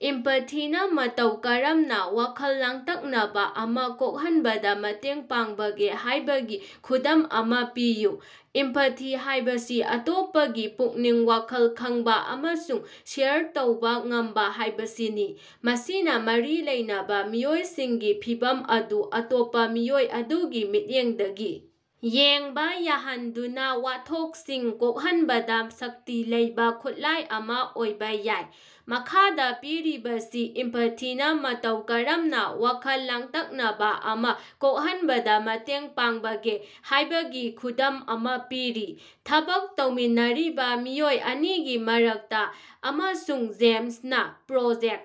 ꯏꯝꯄꯥꯊꯤꯅ ꯃꯇꯧ ꯀꯔꯝꯅ ꯋꯥꯈꯜ ꯂꯥꯡꯇꯛꯅꯕ ꯑꯃ ꯀꯣꯛꯍꯟꯕꯗ ꯃꯇꯦꯡ ꯄꯥꯡꯕꯒꯦ ꯍꯥꯏꯕꯒꯤ ꯈꯨꯗꯝ ꯑꯃ ꯄꯤꯌꯨ꯫ ꯏꯝꯄꯥꯊꯤ ꯍꯥꯏꯕꯁꯤ ꯑꯇꯣꯞꯄꯒꯤ ꯄꯨꯛꯅꯤꯡ-ꯋꯥꯈꯜ ꯈꯪꯕ ꯑꯃꯁꯨꯡ ꯁꯦꯌꯔ ꯇꯧꯕ ꯉꯝꯕ ꯍꯥꯏꯕꯁꯤꯅꯤ꯫ ꯃꯁꯤꯅ ꯃꯔꯤ ꯂꯩꯅꯕ ꯃꯤꯑꯣꯏꯁꯤꯡꯒꯤ ꯐꯤꯚꯝ ꯑꯗꯨ ꯑꯇꯣꯞꯄ ꯃꯤꯑꯣꯏ ꯑꯗꯨꯒꯤ ꯃꯤꯠꯌꯦꯡꯗꯒꯤ ꯌꯦꯡꯕ ꯌꯥꯍꯟꯗꯨꯅꯥ ꯋꯥꯊꯣꯛꯁꯤꯡ ꯀꯣꯛꯍꯟꯕꯗ ꯁꯛꯇꯤ ꯂꯩꯕ ꯈꯨꯠꯂꯥꯏ ꯑꯃ ꯑꯣꯏꯕ ꯌꯥꯏ꯫ ꯃꯈꯥꯗ ꯄꯤꯔꯤꯕꯁꯤ ꯏꯝꯄꯥꯊꯤꯅ ꯃꯇꯧ ꯀꯔꯝꯅ ꯋꯥꯈꯜ ꯂꯥꯡꯇꯛꯅꯕ ꯑꯃ ꯀꯣꯛꯍꯟꯕꯗ ꯃꯇꯦꯡ ꯄꯥꯡꯕꯒꯦ ꯍꯥꯏꯕꯒꯤ ꯈꯨꯗꯝ ꯑꯃ ꯄꯤꯔꯤ: ꯊꯕꯛ ꯇꯧꯃꯤꯟꯅꯔꯤꯕ ꯃꯤꯑꯣꯏ ꯑꯅꯤꯒꯤ ꯃꯔꯛꯇ ꯑꯃꯁꯨꯡ ꯖꯦꯝꯁꯅ ꯄ꯭ꯔꯣꯖꯦꯛ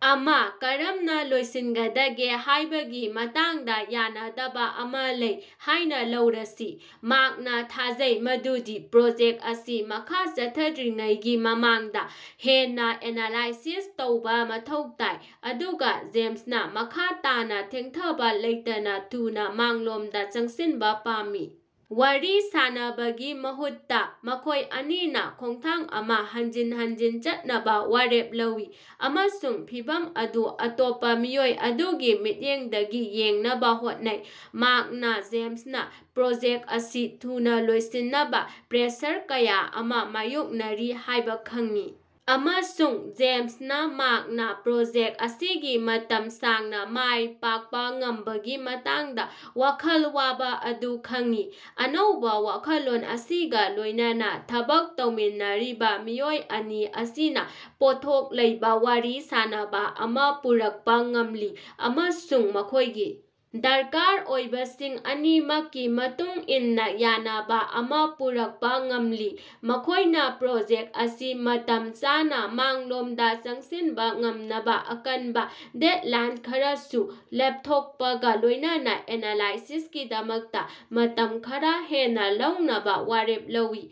ꯑꯃ ꯀꯔꯝꯅ ꯂꯣꯏꯁꯤꯟꯒꯗꯒꯦ ꯍꯥꯏꯕꯒꯤ ꯃꯇꯥꯡꯗ ꯌꯥꯅꯗꯕ ꯑꯃ ꯂꯩ ꯍꯥꯏꯅ ꯂꯧꯔꯁꯤ꯫ ꯃ꯭ꯥꯔꯛꯅ ꯊꯥꯖꯩ ꯃꯗꯨꯗꯤ ꯄ꯭ꯔꯣꯖꯦꯛꯇ ꯑꯁꯤ ꯃꯈꯥ ꯆꯠꯊꯗ꯭ꯔꯤꯉꯩꯒꯤ ꯃꯃꯥꯡꯗ ꯍꯦꯟꯅ ꯑꯦꯅꯂꯥꯏꯁꯤꯁ ꯇꯧꯕ ꯃꯊꯧ ꯇꯥꯏ, ꯑꯗꯨꯒ ꯖꯦꯝꯁꯅ ꯃꯈꯥ ꯇꯥꯅ ꯊꯦꯡꯊꯕ ꯂꯩꯇꯅ ꯊꯨꯅ ꯃꯥꯡꯂꯣꯝꯗ ꯆꯪꯁꯤꯟꯕ ꯄꯥꯝꯃꯤ꯫ ꯋꯥꯔꯤ ꯁꯥꯟꯅꯕꯒꯤ ꯃꯍꯨꯠꯇ ꯃꯈꯣꯏ ꯑꯅꯤꯅ ꯈꯣꯡꯊꯥꯡ ꯑꯃ ꯍꯟꯖꯤꯟ ꯍꯟꯖꯤꯟ ꯆꯠꯅꯕ ꯋꯥꯔꯦꯞ ꯂꯧꯏ ꯑꯃꯁꯨꯡ ꯐꯤꯚꯝ ꯑꯗꯨ ꯑꯇꯣꯞꯄ ꯃꯤꯑꯣꯏ ꯑꯗꯨꯒꯤ ꯃꯤꯠꯌꯦꯡꯗꯒꯤ ꯌꯦꯡꯅꯕ ꯍꯣꯠꯅꯩ꯫ ꯃ꯭ꯥꯔꯛꯅ ꯖꯦꯝꯁꯅ ꯄ꯭ꯔꯣꯖꯦꯛ ꯑꯁꯤ ꯊꯨꯅ ꯂꯣꯏꯁꯤꯟꯅꯕ ꯄ꯭ꯔꯦꯁꯔ ꯀꯌꯥ ꯑꯃ ꯃꯥꯌꯣꯛꯅꯔꯤ ꯍꯥꯏꯕ ꯈꯪꯏ ꯑꯃꯁꯨꯡ ꯖꯦꯝꯁꯅ ꯃ꯭ꯥꯔꯛꯅ ꯄ꯭ꯔꯣꯖꯦꯛ ꯑꯁꯤꯒꯤ ꯃꯇꯝ ꯁꯥꯡꯅ ꯃꯥꯏ ꯄꯥꯛꯄ ꯉꯝꯕꯒꯤ ꯃꯇꯥꯡꯗ ꯋꯥꯈꯜ ꯋꯥꯕ ꯑꯗꯨ ꯈꯪꯏ꯫ ꯑꯅꯧꯕ ꯋꯥꯈꯜꯂꯣꯟ ꯑꯁꯤꯒ ꯂꯣꯏꯅꯅ ꯊꯕꯛ ꯇꯧꯃꯤꯟꯅꯔꯤꯕ ꯃꯤꯑꯣꯏ ꯑꯅꯤ ꯑꯁꯤꯅ ꯄꯣꯠꯊꯣꯛ ꯂꯩꯕ ꯋꯥꯔꯤ ꯁꯥꯅꯕ ꯑꯃ ꯄꯨꯔꯛꯄ ꯉꯝꯂꯤ ꯑꯃꯁꯨꯡ ꯃꯈꯣꯏꯒꯤ ꯗꯔꯀꯥꯔ ꯑꯣꯏꯕꯁꯤꯡ ꯑꯅꯤꯃꯛꯀꯤ ꯃꯇꯨꯡ ꯏꯟꯅ ꯌꯥꯅꯕ ꯑꯃ ꯄꯨꯔꯛꯄ ꯉꯝꯂꯤ꯫ ꯃꯈꯣꯏꯅ ꯄ꯭ꯔꯣꯖꯦꯛꯇ ꯑꯁꯤ ꯃꯇꯝ ꯆꯥꯅ ꯃꯥꯡꯂꯣꯝꯗ ꯆꯪꯁꯤꯟꯕ ꯉꯝꯅꯕ ꯑꯀꯟꯕ ꯗꯦꯗꯂꯥꯏꯟ ꯈꯔꯁꯨ ꯂꯦꯞꯊꯣꯛꯄꯒ ꯂꯣꯏꯅꯅ ꯑꯦꯅꯂꯥꯏꯁꯤꯁꯀꯤꯗꯃꯛꯇ ꯃꯇꯝ ꯈꯔ ꯍꯦꯟꯅ ꯂꯧꯅꯕ ꯋꯥꯔꯦꯞ ꯂꯧꯏ꯫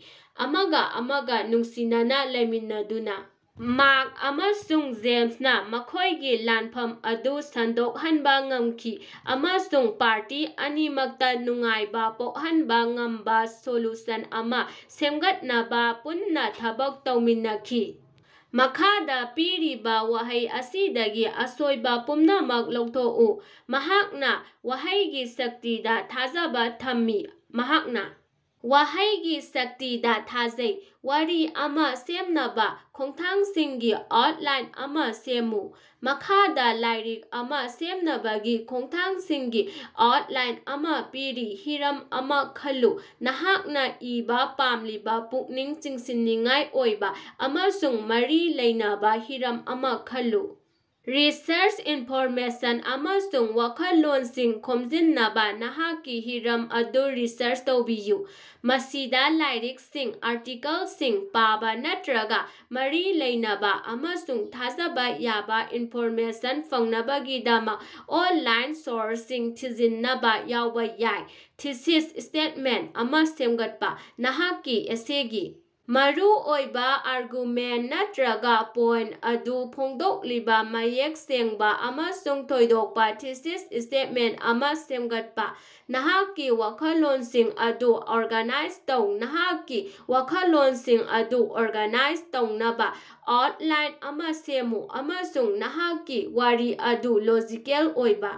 ꯑꯃꯒ ꯑꯃꯒ ꯅꯨꯡꯁꯤꯅꯅ ꯂꯩꯃꯤꯟꯅꯗꯨꯅ ꯃ꯭ꯥꯔꯛ ꯑꯃꯁꯨꯡ ꯖꯦꯝꯁꯅ ꯃꯈꯣꯏꯒꯤ ꯂꯥꯟꯐꯝ ꯑꯗꯨ ꯁꯟꯗꯣꯛꯍꯟꯕ ꯉꯝꯈꯤ ꯑꯃꯁꯨꯡ ꯄꯥꯔꯇꯤ ꯑꯅꯤꯃꯛꯇ ꯅꯨꯡꯉꯥꯏꯕ ꯄꯣꯛꯍꯟꯕ ꯉꯝꯕ ꯁꯣꯂꯨꯁꯟ ꯑꯃ ꯁꯦꯝꯒꯠꯅꯕ ꯄꯨꯟꯅ ꯊꯕꯛ ꯇꯧꯃꯤꯟꯅꯈꯤ꯫ ꯃꯈꯥꯗ ꯄꯤꯔꯤꯕ ꯋꯥꯍꯩ ꯑꯁꯤꯗꯒꯤ ꯑꯁꯣꯏꯕ ꯄꯨꯝꯅꯃꯛ ꯂꯧꯊꯣꯛꯎ꯫ "ꯃꯍꯥꯛꯅ ꯋꯥꯍꯩꯒꯤ ꯁꯛꯇꯤꯗ ꯊꯥꯖꯕ ꯊꯝꯃꯤ"꯫ ꯃꯍꯥꯛꯅ ꯋꯥꯍꯩꯒꯤ ꯁꯛꯇꯤꯗ ꯊꯥꯖꯩ꯫ ꯋꯥꯔꯤ ꯑꯃ ꯁꯦꯝꯅꯕ ꯈꯣꯡꯊꯥꯡꯁꯤꯡꯒꯤ ꯑꯥꯎꯇꯂꯥꯏꯟ ꯑꯃ ꯁꯦꯝꯃꯨ꯫ ꯃꯈꯥꯗ ꯂꯥꯏꯔꯤꯛ ꯑꯃ ꯁꯦꯝꯅꯕꯒꯤ ꯈꯣꯡꯊꯥꯡꯁꯤꯡꯒꯤ ꯑꯥꯎꯇꯂꯥꯏꯟ ꯑꯃ ꯄꯤꯔꯤ ꯍꯤꯔꯝ ꯑꯃ ꯈꯜꯂꯨ ꯅꯍꯥꯛꯅ ꯏꯕ ꯄꯥꯝꯂꯤꯕ ꯄꯨꯛꯅꯤꯡ ꯆꯤꯡꯁꯤꯟꯅꯤꯡꯉꯥꯏ ꯑꯣꯏꯕ ꯑꯃꯁꯨꯡ ꯃꯔꯤ ꯂꯩꯅꯕ ꯍꯤꯔꯝ ꯑꯃ ꯈꯜꯂꯨ꯫ ꯔꯤꯁꯔꯆ: ꯏꯟꯐꯣꯔꯃꯦꯁꯟ ꯑꯃꯁꯨꯡ ꯋꯥꯈꯜꯂꯣꯟꯁꯤꯡ ꯈꯣꯝꯖꯤꯟꯅꯕ ꯅꯍꯥꯛꯀꯤ ꯍꯤꯔꯝ ꯑꯗꯨ ꯔꯤꯁꯔꯆ ꯇꯧꯕꯤꯌꯨ꯫ ꯃꯁꯤꯗ ꯂꯥꯏꯔꯤꯛꯁꯤꯡ, ꯑꯥꯔꯇꯤꯀꯜꯁꯤꯡ ꯄꯥꯕ ꯅꯠꯇ꯭ꯔꯒ ꯃꯔꯤ ꯂꯩꯅꯕ ꯑꯃꯁꯨꯡ ꯊꯥꯖꯕ ꯌꯥꯕ ꯏꯟꯐꯣꯔꯃꯦꯁꯟ ꯐꯪꯅꯕꯒꯤꯗꯃꯛ ꯑꯣꯟꯂꯥꯏꯟ ꯁꯣꯔꯁꯁꯤꯡ ꯁꯤꯖꯤꯟꯅꯕ ꯌꯥꯎꯕ ꯌꯥꯏ꯫ ꯊꯤꯁꯤꯁ ꯁ꯭ꯇꯦꯠꯃꯦꯟꯇ ꯑꯃ ꯁꯦꯝꯒꯠꯄ: ꯅꯍꯥꯛꯀꯤ ꯑꯦꯁꯦꯒꯤ ꯃꯔꯨꯑꯣꯏꯕꯥ ꯑꯥꯔꯒꯨꯃꯦꯟ ꯅꯠꯇꯔꯒ ꯄꯣꯏꯟꯇ ꯑꯗꯨ ꯐꯣꯡꯗꯣꯛꯂꯤꯕ ꯃꯌꯦꯛ ꯁꯦꯡꯕ ꯑꯃꯁꯨꯡ ꯊꯣꯏꯗꯣꯛꯄ ꯊꯤꯁꯤꯁ ꯁ꯭ꯇꯦꯠꯃꯦꯟꯇ ꯑꯃ ꯁꯦꯝꯒꯠꯄ꯫ ꯅꯍꯥꯛꯀꯤ ꯋꯥꯈꯜꯂꯣꯟꯁꯤꯡ ꯑꯗꯨ ꯑꯣꯔꯒꯅꯥꯏꯖ ꯇꯧ ꯅꯍꯥꯛꯀꯤ ꯋꯥꯈꯜꯂꯣꯅꯁꯤꯡ ꯑꯗꯨ ꯑꯣꯔꯒꯅꯥꯏꯖ ꯇꯧꯅꯕ ꯑꯥꯎꯇꯂꯥꯏꯟ ꯑꯃ ꯁꯦꯝꯃꯨ ꯑꯃꯁꯨꯡ ꯅꯍꯥꯛꯀꯤ ꯋꯥꯔꯤ ꯑꯗꯨ ꯂꯣꯖꯤꯀꯦꯜ ꯑꯣꯏꯕ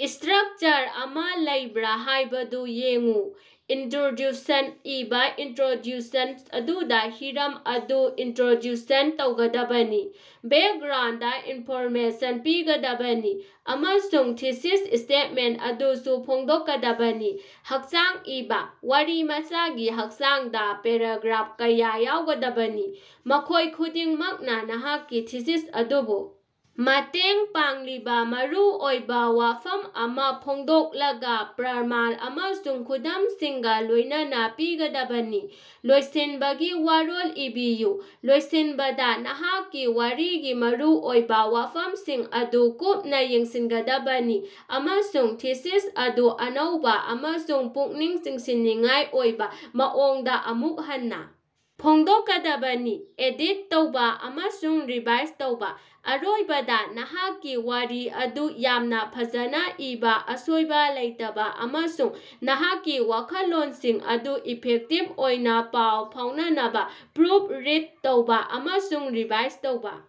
ꯁ꯭ꯇꯔꯛꯆꯔ ꯑꯃ ꯂꯩꯕ꯭ꯔꯥ ꯍꯥꯏꯕꯗꯨ ꯌꯦꯡꯎ꯫ ꯏꯟꯇ꯭ꯔꯣꯗ꯭ꯌꯨꯁꯟ ꯏꯕ ꯏꯟꯇ꯭ꯔꯣꯗ꯭ꯌꯨꯁꯟ ꯑꯗꯨꯗ ꯍꯤꯔꯝ ꯑꯗꯨ ꯏꯟꯇ꯭ꯔꯣꯗ꯭ꯌꯨꯁꯟ ꯇꯧꯒꯗꯕꯅꯤ, ꯕꯦꯛꯒ꯭ꯔꯥꯎꯟꯗ ꯏꯟꯐꯣꯔꯃꯦꯁꯟ ꯄꯤꯒꯗꯕꯅꯤ ꯑꯃꯁꯨꯡ ꯊꯤꯁꯤꯁ ꯁ꯭ꯇꯦꯠꯃꯦꯟꯇ ꯑꯗꯨꯁꯨ ꯐꯣꯡꯗꯣꯛꯀꯗꯕꯅꯤ꯫ ꯍꯛꯆꯥꯡ ꯏꯕ: ꯋꯥꯔꯤꯃꯆꯥꯒꯤ ꯍꯛꯆꯥꯡꯗ ꯄꯦꯔꯥꯒ꯭ꯔꯥꯐ ꯀꯌ ꯌꯥꯎꯒꯗꯕꯅꯤ, ꯃꯈꯣꯏ ꯈꯨꯗꯤꯡꯃꯛꯅ ꯅꯍꯥꯛꯀꯤ ꯊꯤꯁꯤꯁ ꯑꯗꯨꯕꯨ ꯃꯇꯦꯡ ꯄꯥꯡꯂꯤꯕ ꯃꯔꯨꯑꯣꯏꯕ ꯋꯥꯐꯝ ꯑꯃ ꯐꯣꯡꯗꯣꯛꯂꯒ, ꯄ꯭ꯔꯃꯥꯟ ꯑꯃꯁꯨꯡ ꯈꯨꯗꯝꯁꯤꯡꯒ ꯂꯣꯏꯅꯅ ꯄꯤꯒꯗꯕꯅꯤ꯫ ꯂꯣꯏꯁꯤꯟꯕꯒꯤ ꯋꯥꯔꯣꯜ ꯏꯕꯤꯌꯨ: ꯂꯣꯏꯁꯤꯟꯕꯗ ꯅꯍꯥꯛꯀꯤ ꯋꯥꯔꯤꯒꯤ ꯃꯔꯨꯑꯣꯏꯕ ꯋꯥꯐꯝꯁꯤꯡ ꯑꯗꯨ ꯀꯨꯞꯅ ꯌꯦꯡꯁꯤꯟꯒꯗꯕꯅꯤ ꯑꯃꯁꯨꯡ ꯊꯤꯁꯤꯁ ꯑꯗꯨ ꯑꯅꯧꯕ ꯑꯃꯁꯨꯡ ꯄꯨꯛꯅꯤꯡ ꯆꯤꯡꯁꯤꯟꯅꯤꯡꯉꯥꯏ ꯑꯣꯏꯕ ꯃꯑꯣꯡꯗ ꯑꯃꯨꯛ ꯍꯟꯅ ꯐꯣꯡꯗꯣꯛꯀꯗꯕꯅꯤ꯫ ꯑꯦꯗꯤꯠ ꯇꯧꯕ ꯑꯃꯁꯨꯡ ꯔꯤꯚꯥꯏꯁ ꯇꯧꯕ: ꯑꯔꯣꯏꯕꯗ, ꯅꯍꯥꯛꯀꯤ ꯋꯥꯔꯤ ꯑꯗꯨ ꯌꯥꯝꯅ ꯐꯖꯅ ꯏꯕ, ꯑꯁꯣꯏꯕ ꯂꯩꯇꯕ ꯑꯃꯁꯨꯡ ꯅꯍꯥꯛꯀꯤ ꯋꯥꯈꯜꯂꯣꯟꯁꯤꯡ ꯑꯗꯨ ꯏꯐꯦꯛꯇꯤꯚ ꯑꯣꯏꯅ ꯄꯥꯎ ꯐꯥꯎꯅꯅꯕ ꯄ꯭ꯔꯨꯐ ꯔꯤꯗ ꯇꯧꯕ ꯑꯃꯁꯨꯡ ꯔꯤꯚꯥꯏꯁ ꯇꯧꯕ꯫